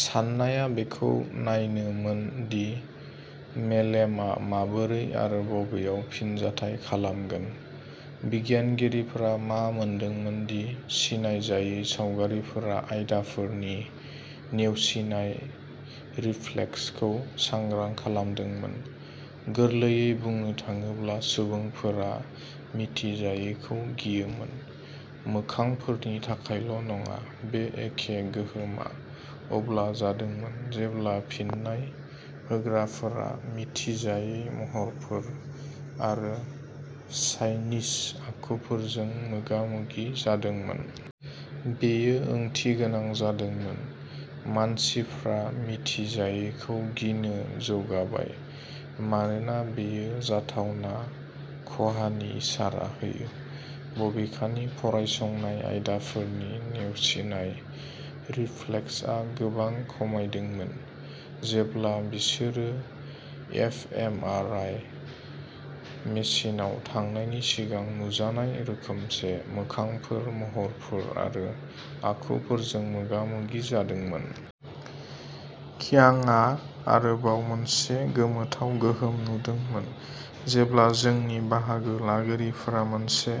साननाया बेखौ नायनोमोन दि मेलेमआ माबोरै आरो बबेयाव फिनजाथाय खालामगोन। बिगियानगिरिफोरा मा मोनदोंमोन दि सिनायजायै सावगारिफोरा आयदाफोरनि नेवसिनाय रिफ्लेक्सखौ सांग्रां खालामदोंमोन गोरलैयै बुंनो थाङोब्ला, सुबुंफोरा मिथिजायैखौ गियोमोन। मोखांफोरनि थाखायल' नङा, बे एखे गोहोमआ अब्ला जादोंमोन जेब्ला फिन्नाय होग्राफोरा मिथिजायै महरफोर आरो चाइनिज आखुफोरजों मोगा मोगि जादोंमोन। बेयो ओंथिगोनां जादोंमोन मानसिफ्रा मिथिजायैखौ गिनो जौगाबाय मानोना बेयो जाथावना खहानि इसारा होयो। बबेखानि, फरायसंनाय आयदाफोरनि नेवसिनाय रिफ्लेक्सआ गोबां खमायदोंमोन जेब्ला बिसोरो एफ एम आर आइ मेसिनआव थांनायनि सिगां नुजानाय रोखोमसे मोखांफोर, महरफोर आरो आखुफोरजों मोगा मोगि जादोंमोन। क्षांगआ आरोबाव मोनसे गोमोथाव गोहोम नुदोंमोन। जेब्ला जोंनि बाहागो लागिरिफोरा मोनसे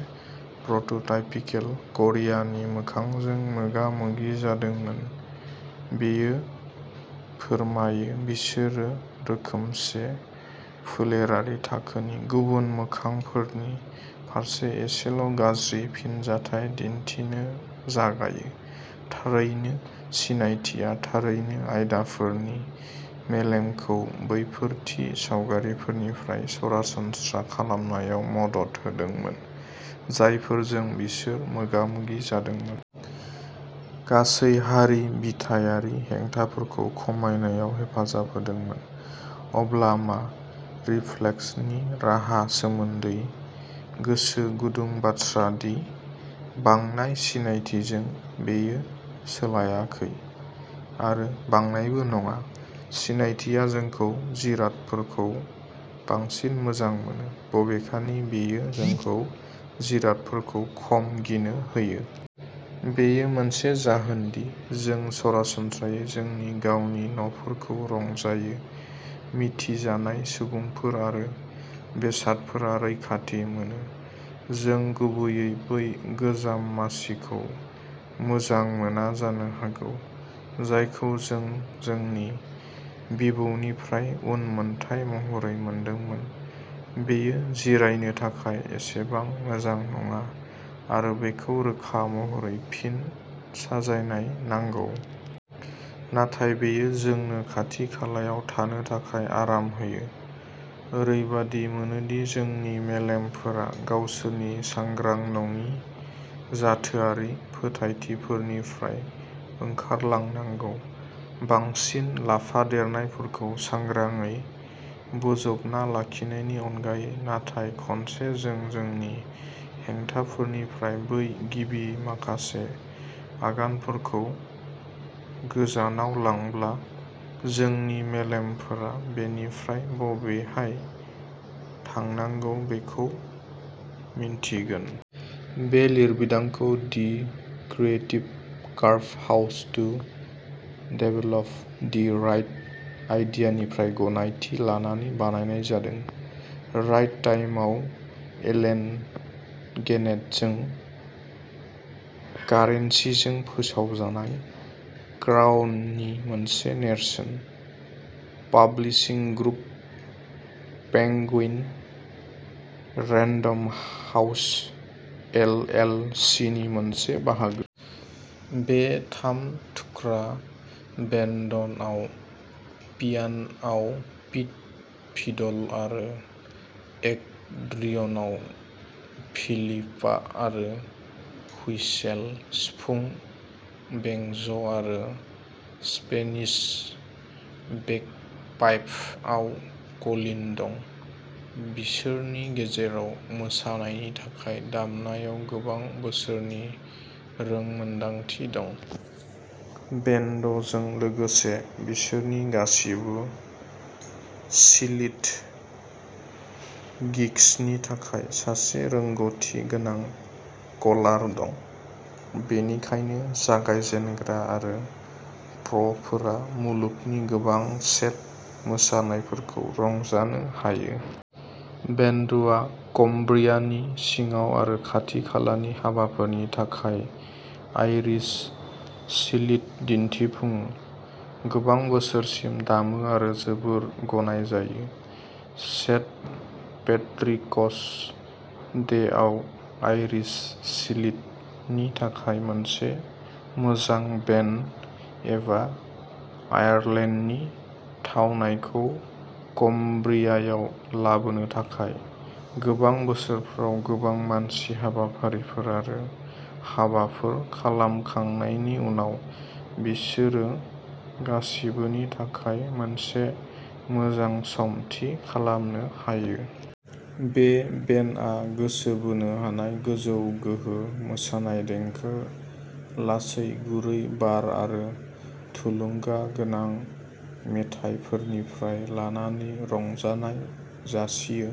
प्रोटोटाइपिकेल क'रियानि मोखांजों मोगा मोगि जादोंमोन बियो फोरमायो, बिसोरो रोखोमसे फोलेरारि थाखोनि गुबुन मोखांफोरनि फारसे एसेल' गाज्रि फिनजाथाय दिनथिनो जागायो। थारैनो, सिनायथिआ थारैनो आयदाफोरनि मेलेमखौ बैफोर थि सावगारिफोरनिफ्राय सरासनस्रा खालामनायाव मदद होदोंमोन जायफोरजों बिसोर मोगा मोगि जादोंमोन। गासै हारि बिथायारि हेंथाफोरखौ खमायनायाव हेफाजाब होदोंमोन। अब्ला मा? रिफ्लेक्सनि राहा सोमोन्दै, गोसो गुदुं बाथ्रा दि, बांनाय सिनायथिजों, बेयो सोलायाखै आरो बांनायबो नङा। सिनायथिआ जोंखौ जिरादफोरखौ बांसिन मोजां मोना। बबेखानि, बेयो जोंखौ जिरादफोरखौ खम गिनो होयो। बेयो मोनसे जाहोन दि जों सरासनस्रायै जोंनि गावनि न'फोरखौ रंजायो। मिथिजानाय सुबुंफोर आरो बेसादफोरा रैखाथि मोनो। जों गुबैयै बै गोजाम मासिखौ मोजां मोना जानो हागौ जायखौ जों जोंनि बिबौनिफ्राय उनमोनथाइ महरै मोनदोंमोन बेयो जिरायनो थाखाय एसेबां मोजां नङा आरो बेखौ रोखा महरै फिन साजायनाय नांगौ । नाथाय बेयो जोंनो खाथि-खालायाव थानो थाखाय आराम होयो। ओरैबादि मोनोदि जोंनि मेलेमफोरा गावसोरनि सांग्रां नङि जाथोआरि फोथायथिफोरनिफ्राय ओंखारलांनांगौ, बांसिन लाफादेरनायफोरखौ सांग्राङै बोजबना लाखिनायनि अनगायै। नाथाय खनसे जों जोंनि हेंथाफोरनिफ्राय बै गिबि माखासे आगानफोरखौ गोजानाव लांब्ला, जोंनि मेलेमफोरा बेनिफ्राय बबेहाय थांनांगौ बेखौ मिन्थिगोन। बे लिरबिदांखौ the creative curve how to develop the right आइडियानिफ्राय गनायथि लानानै बानायनाय जादों, राइट टाइमआव एलेन गेनेटजों। कारेन्सिजों फोसावजानाय, क्राउननि मोनसे नेरसोन। Publishing group, Penguin Random House L L C नि मोनसे बाहागो। बे थाम थुख्रा बेन्डआव पियान' आव पीट, फिडल आरो एकर्डियनआव फिलिपा, आरो हुइसेल, सिफुं, बेंज'आरो स्पेनिश बेगपाइप आव कलिन दं। बिसोरनि गेजेराव मोसानायनि थाखाय दामनायाव गोबां बोसोरनि रोंमोनदांथि दं। बेन्डजों लोगोसे बिसोरनि गासिबो सिलिध गिग्सनि थाखाय सासे रोंग'थि गोनां कलार दं, बेनिखायनो जागायजेनग्रा आरो प्र'फोरा मुलुगनि गोबां सेट मोसानायफोरखौ रंजानो हायो। बेन्डआ कम्ब्रियानि सिङाव आरो खाथि-खालानि हाबाफोरनि थाखाय आइरिश सिलिध दिन्थिफुङो। गोबां बोसोरसिम दामो आरो जोबोद गनायजायो। सेन्ट पेट्रिक'स डे'आव आइरिश सिलिध नि थाखाय मोनसे मोजां बेन्ड, एबा आयारलेन्डनि थावनायखौ कम्ब्रियायाव लाबोनो थाखाय। गोबां बोसोरफोराव गोबां माननि हाबाफारिफोर आरो हाबाफोर खालामखांनायनि उनाव बिसोरो गासिबोनि थाखाय मोनसे मोजां सम थि खालामनो हायो। बे बेन्डआ गोसो बोनो हानाय गोजौ गोहो मोसानाय देंखो, लासै गुरै बार आरो थुलुंगा गोनां मेथाइफोरनिफ्राय लानानै रंजानाय जासियो।